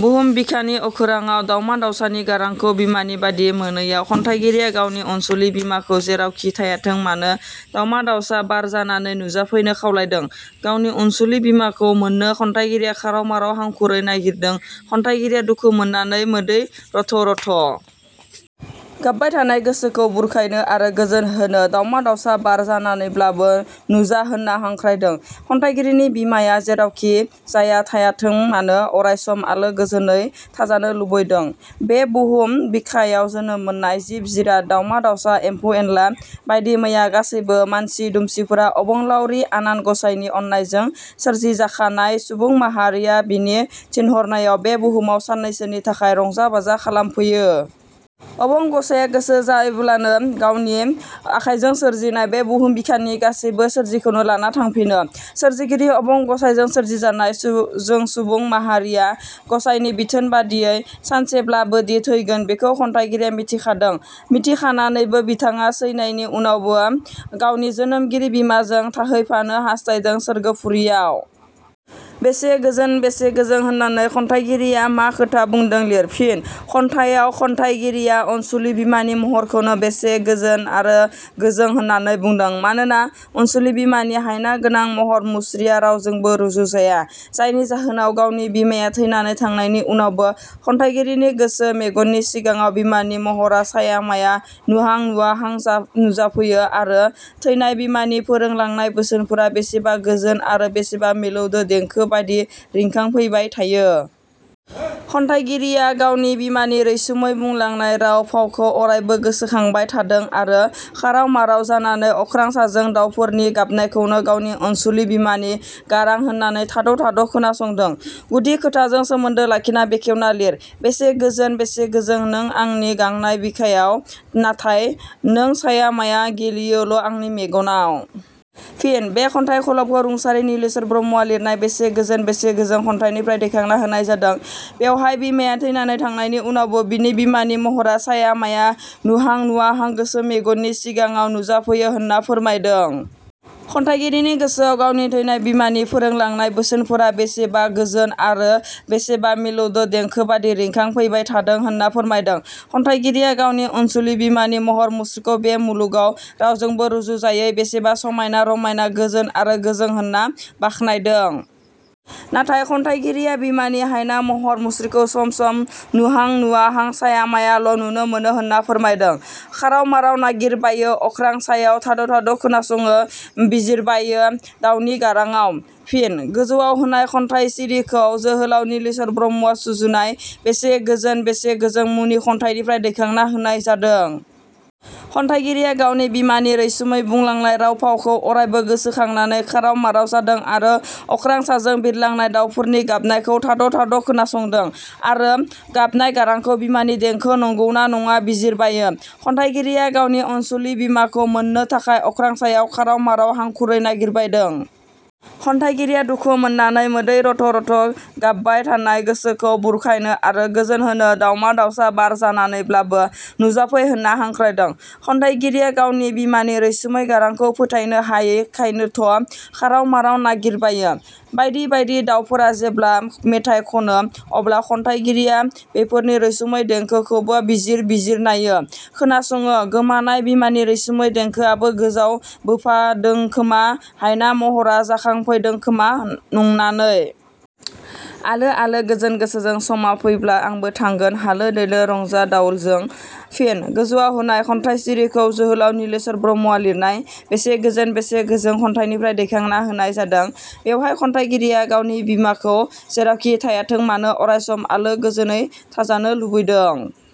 बुहुम बिखानि अखोराङाव दावमा दावसानि गारांखौ बिमानिबादि मोनैयाव खन्थाइगिरिया गावनि अनसुलि बिमाखौ जेरावखि थायाथों मानो दावमा दावसा बार जानानै नुजाफैनो खावलायदों। गावनि अनसुलि बिमाखौ मोननो खन्थाइगिरिया खाराव माराव हांखुरै नागिरदों खन्थाइगिरिया दुखु मोननानै मोदै रथ' रथ'। गाबबाय थाना गोसोखौ बुरखायनो आरो गोजोन होनो दावमा दावसा बार जानानैब्लाबो नुजा होनना हांख्रायदों। खन्थाइगिरिनि बिमाया जेरावखि जाया थायाथों मानो अरायसम आलो गोजोनै थाजानो लुबैदों। बे बुहुम बिखायाव जोनोम मोननाय जिब-जिराद, दावमा दाउसा, एम्फौ-एनला बायदि मैया गासैबो मानसि दुमसिफोरा अबंलाउरि आनान गसाइनि अननायजों सोरजि जाखानाय सुबुं माहारिया बिनि थिनहरनायाव बे बुहुमाव साननैसोनि थाखाय रंजा-बाजा खालामफैयो। अबं गसाइया गोसो जाब्लोनो गावनि आखायजों सोरजिनाय बे बुहुम बिखानि गासैबो सोरजिखोनो लाना थांफिनो सोरजिगिरि अबं गसाइजो सोरजिजानाय जों सुबुं माहारिया गसाइनि बिथोन बादियै सानसेब्लाबोदि थैगोन बिखौ खन्थाइगिरिया मिथिखादों। मिथिखानानैनो बिथाङा सैनायनि उनावबो गावनि जोनोमगिरि बिमाजों थाहैफानो हास्थायदों सोरगोफुरियाव। 'बेसे गोजोन बेसे गोजों होननानै खन्थाइगिरिया मा खोथा बुंदों लिर। फिनः खन्थाइयाव खन्थाइगिरिया अनसुलि बिमानि महरखौनो बेसेबा गोजोन आरो गोजों होनना बुंदों। मानोना अनसुलि बिमानि हायना गोनां महर मुस्रिया रावजोंबो रुजुजाया जायनि जाउनाव गावनि बिमाया थैनानै थांनायनि उनावबो खन्थाइगिरिनि गोसो मेगननि सिगाङाव बिमानि महरा साया माया नुहां- नुवाहां नुजाफैयो आरो थैनाय बिमानि फोरोंलांनाय बोसोनफोरा बेसेबा गोजोन आरो बेसेबा मिलौदोदेंखो बादि रिखांफैबाय थायो। खन्थाइगिरिया गावनि बिमानि रैसुमै बुंलांनाय राव-फावखौ अरायबो गोसोखांबाय थादों आरो खाराव माराव जानानै अख्रां साजों दावफोरनि गाबनायखौबो गावनि अनसुलि बिमानि गारां होननानै थाद' थाद' खोनासंदों। गुदि खोथाजों सोमोन्दो लाखिना बेखेवना लिर। "बेसे गोजोन बेसे गोजों नों आंनि गांनाय बिखायाव, नाथाय नों साया माया गेलेयोल' आंनि मेगनाव। " फिन: बे खन्थाइ खलबखौ रुंसारि नीलेश्वर ब्रह्मवा लिरनाय 'बेसे गोजोन, बेसे गोजों खन्थाइनिफ्राय दैखांना होनाय जादों। बेवहाय, बिमाया थैनानै थांनायनि उनावबो बिनि बिमानि महरा साया माया नुहां- नुवाहां गोसो मेगननि सिगाङाव नुजाफैयो होनना फोरमायदों। खन्थाइगिरिनि गोसोआव गावनि थैनाय बिमानि फोरोंलांनाय बोसोनफोरा बेसेबा गोजोन आरो बेसेबा मिलौदो देंखो बादि रिंखां फैबाय थादों होनना फोरमायदों। खन्थाइगिरिया गावनि अनसुलि बिमानि महर मुस्रिखौ बे मुलुगाव रावजोंबो रुजुजायै बेसेबा समायना- रमायना गोजोन आरो गोजों होना बाखनायदों। नाथाय खन्थाइगिरिया बिमानि हायना महर मुस्रिखौ सम सम नुहां- नुवाहां, साया मायाल' नुनो मोनो होनना फोरमायदों। "खाराव माराव नागिर बायो अख्रां सायाव थाय थाय खोनासङो बिजिरबायो दावनि गाराङाव! " फिन: गोजौवाव होनाय खन्थाइसिरिखौ जोहोलाउ नीलेश्वर ब्रह्मवा सुजुनाय 'बेसे गोजोन बेसे गोजों मुंनि खन्थाइनिफ्राय दैखांना होनाय जादों। ' खन्थाइगिरिया गावनि बिमानि रैसुमै बुंलांनाय राव-फावखौ अरायबो गोसोखांनानै खाराव माराव जादों आरो अख्रां साजों बिरलांनाय दावफोरनि गाबनायखौ थाद' थाद' खोनासंदों आरो गाबनाय गारांखौ बिमानि देंखो नंगौना नङा बिजिरबायो। खन्थाइगिरिया गावनि अनसुलि बिमाखौ मोननो थाखाय अख्रां सायाव खाराव-माराव हांखुरै नागिरबायदों। खन्थाइगिरिया दुखु मोननानै मोदै रथ' रथ' गाबबा थानाय गोसोखौ बुरखायनो आरो गोजोनहोनो दावमा दावसा बार जानानैब्लाबो नुजाफै होनना हांखायदों। खन्थाइगिरिया गावनि बिमानि रैसुमै गारांखौ फोथायनो हायैखायनोथ' खाराव माराव नागिरबायो। बायदि बायदि दाउफोरा जेब्ला मेथाइ खनो, अब्ला खन्थाइगिरिया बेफोरनि रैसुमै देंखोखौबो बिजिर बिजिरनायो, खोनासङो गोमानाय बिमानि रेसुमै देंखो आबो गोजाव बोफादोंखोमा, हायना महरा जाखांफैदोंखोमा नंनानै। आलो आलो गोजोन गोसोजों, समा फैला आंबो थांगोन हालो दैलो रंजा दावलजों। " फिन: गोजौवाव होनाय खन्थाइसिरिखौ जोहोलाउ नीलेश्वर ब्रह्मवा लिरनाय 'बेसे गोजोन बेसे गोजों' खन्थाइनिफ्राय दैखांना होनाय जादों। बेवहाय, खन्थाइगिरिया गावनि बिमाखौ जेरावखि थायाथोंमानो अरायसम आलो गोजोनै थाजानो लुबैदों।